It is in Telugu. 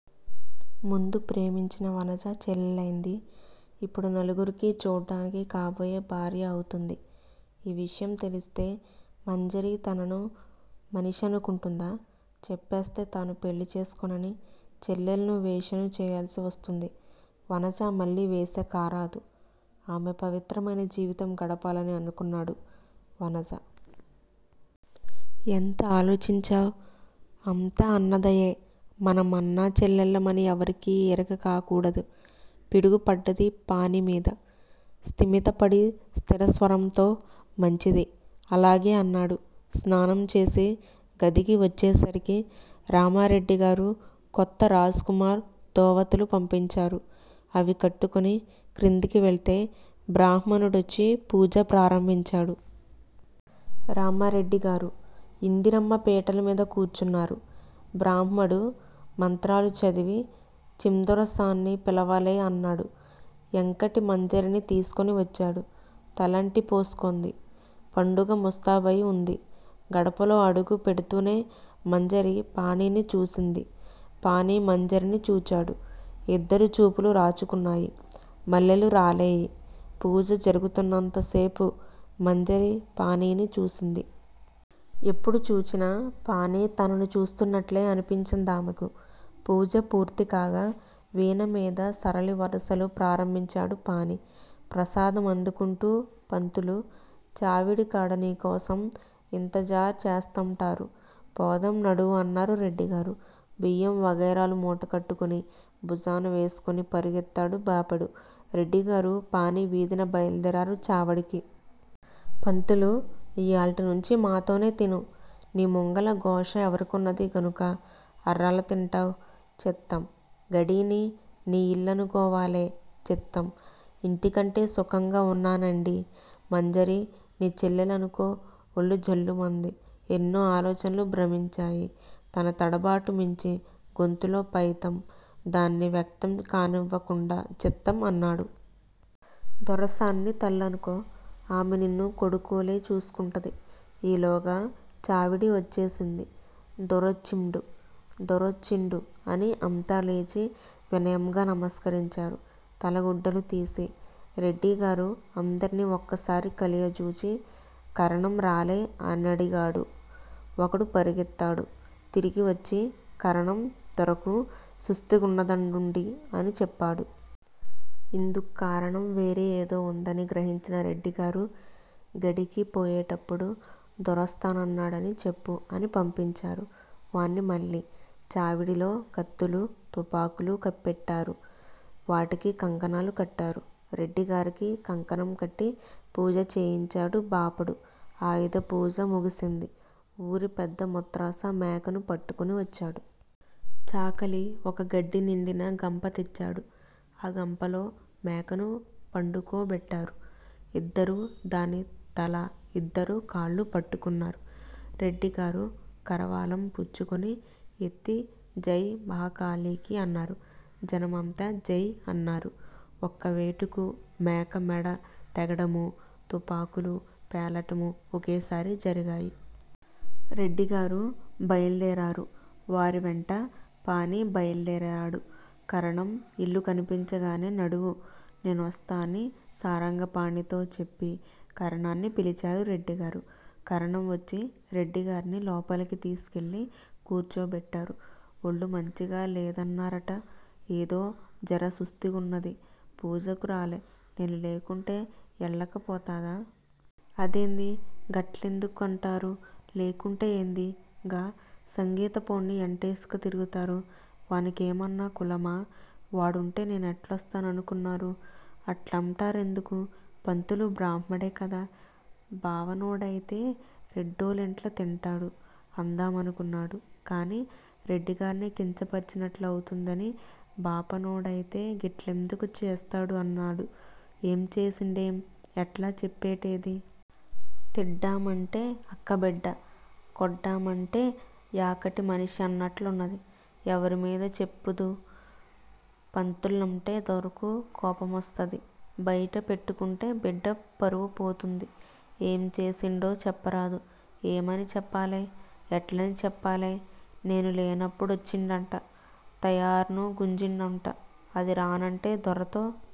ముందు ప్రేమించిన వనజ చెల్లెలైంది. ఇప్పుడు నలుగురికీ చూడ్డానికి కాబోయే భార్య అవుతుంది. ఈ విషయం తెలుస్తే మంజరి తనను మనిషనుకుంటుందా? చెప్పేస్తే తాను పెళ్ళి చేసుకోనని! చెల్లెల్ను వేశ్యను చేయాల్సివస్తుంది. వనజ మళ్ళీ వేశ్య కారాదు. ఆమె పవిత్రమైన జీవితం గడపాలి అనుకున్నాడు. వనజ! ఎంత ఆలోచించావ్? అంతా అన్నదయే. మనం అన్నా, చెల్లెళ్ళమని ఎవ్వరికి ఎరిక కాకూడదు. పిడుగు పడ్డది పాణిమీద. స్తిమితపడి స్థిరస్వరంతో, మంచిది, అలాగే అన్నాడు. స్నానం చేసి గదికి వచ్చేసరికి రామారెడ్డిగారు కొత్త రాజ్ కుమార్ ధోవతులు పంపించారు. అవి కట్టుకొని క్రిందికి వెళ్తే బ్రాహ్మణుడొచ్చి పూజ ప్రారంభించాడు. రామారెడ్డిగారు. ఇందిరమ్మ పీటలమీద కూర్చున్నారు. బ్రాహ్మడు మంత్రాలుచదివి చిందొరసాన్ని పిలవాలె అన్నాడు. ఎంకటి మంజరిని తీసుకొని వచ్చాడు. తలంటి పోసుకుంది. పండుగ ముస్తాబయి ఉంది. గడపలో అడుగు పెడ్తూనే మంజరి పాణిని చూచింది. పాణి మంజరిని చూచాడు. ఇద్దరి చూపులు రాచుకున్నాయి. మల్లెలు రాలేయి. పూజ జరుగుతున్నంతసేపూ మంజరి పాణిని చూసింది. ఎప్పుడు చూచినా పాణి తనను చూస్తునట్లే అనిపించిందామెకు. పూజ పూర్తికాగా వీణమీద సరళి వరుసలు ప్రారంభించాడు పాణి. ప్రసాదం అందుకుంటూ పంతులూ! చావిడికాడ నీకోసం ఇంతజార్ చేస్తాంటరు, పోదం నడువు అన్నారు రెడ్డిగారు. బియ్యం వగైరాలు మూటకట్టుకొని భుజాన వేసుకొని పెరిగెత్తాడు బాపడు. రెడ్డిగారూ, పాణి వీధిన బయల్దేరారు చావడికి. పంతులూ! ఇయాల్టినుంచి మాతోనే తిను. నీ ముంగల గోషా ఎవరికున్నది గనుక అర్రల తింటవ్? చిత్తం. గడీని నీ ఇల్లనుకోవాలె. చిత్తం. ఇంటికంటే సుఖంగా ఉన్నానండీ! మంజరి నీ చెల్లెలనుకో ఒళ్ళు జల్లుమంది. ఎన్నో ఆలోచనలు భ్రమించాయి. తన తడబాటు మించి, గొంతులో పైతం దాన్ని వ్యక్తం కానివ్వకుండా 'చిత్తం' అన్నాడు. దొరసాన్ని తల్లనుకో. ఆమె నిన్ను కొడుకోలే చూసుకుంటది. ఈలోగా చావిడి వచ్చేసింది. దొరొచ్చిండు. దొరొచ్చిండు అని అంతా లేచి వినయంగా నమస్కరించారు, తలగుడ్డలు తీసి. రెడ్డిగారు అందర్నీ ఒక్కసారి కలయజూచి కరణం రాలే అనడిగారు. ఒకడు పరిగెత్తాడు. తిరిగివచ్చి కరణం దొరకు సుస్తిగున్నదన్నడుండి అని చెప్పాడు. ఇందుక్కారణం వేరే ఏదో ఉందని గ్రహించిన రెడ్డిగారు గడీకి పోయేటప్పుడు దొరొస్తనన్నడని చెప్పు అని పంపించారు వాణ్ని మళ్ళీ. చావిడిలో కత్తులూ, తుపాకులూ పెట్టారు. వాటికి కంకణాలు కట్టారు. రెడ్డిగారికి కంకణం కట్టి పూజ చేయించాడు బాపడు. ఆయుధపూజ ముగిసింది. ఊరిపెద్ద ముత్రాస మేకను పట్టుకొనివచ్చాడు. చాకలి ఒక గడ్డినిండిన గంప తెచ్చాడు. ఆ గంపలో మేకను పండుకోబెట్టారు. ఇద్దరు దాని తల, ఇద్దరూ కాళ్ళూ పట్టుకున్నారు. రెడ్డిగారు కరవాలం పుచ్చుకొని యెత్తి జై మహాకాళికి అన్నారు. జనమంతా జై అన్నారు. ఒక్కవేటుకు మేక మెడ తెగడమూ, తుపాకులు పేలటమూ ఒకేసారి జరిగాయి. రెడ్డిగారు బైల్దేరారు. వారివెంట పాణి బైల్దేరాడు. కరణం ఇల్లు కనిపించగానే నడువు, నేనొస్త అని సారంగపాణితో చెప్పి కరణాన్ని పిలిచారు రెడ్డిగారు. కరణం వచ్చి రెడ్డిగార్ని లోపలికి తీసికెళ్ళి కూర్చోబెట్టారు. ఒళ్ళు మంచిగ లేదన్నరట? ఏదో జర సుస్తీగున్నది. పూజకు రాలే? నేను లేకుంటే ఎళ్ళకపోతదా? అదేంది. గట్లెందుకుకంటరు? లేకుంటే ఏంది? గా సంగీతపోన్ని ఎంటేసుక తిరుగుతారు. వానికేమన్న కులమా? వాడుంటే నేనెట్లొస్త ననుకున్నరు? అట్లంటరెందుకు? పంతులు బ్రాహ్మడే కద! 'బావ నోడైతే రెడ్డోళ్ళింట్ల తింటాడు? ' అందామనుకున్నాడు. కాని రెడ్డిగార్ని కించపర్చినట్లవుతుందని బాపనోడైతే గిట్లెందుకు చేస్తడు! అన్నాడు. ఏం చేసిండేం! ఎట్ల చెప్పేటిది? తిడ్డామంటే అక్కబిడ్డ, కొడ్దామంటే యాకటి మనిషి అన్నట్లున్నది. ఎవరిమీద చెప్పుదు? పంతుల్నంటే దొరకు కోపమొస్తది. బయట పెట్టుకుంటే బిడ్డ పరువు పోతుంది. ఏం చేసిండో చెప్పరాదు? ఏమని చెప్పాలే. ఎట్లని చెప్పాలే, నేను లేనప్పుడొచ్చిండట. తాయార్ను గుంజిండంట. అది రానంటే దొరతో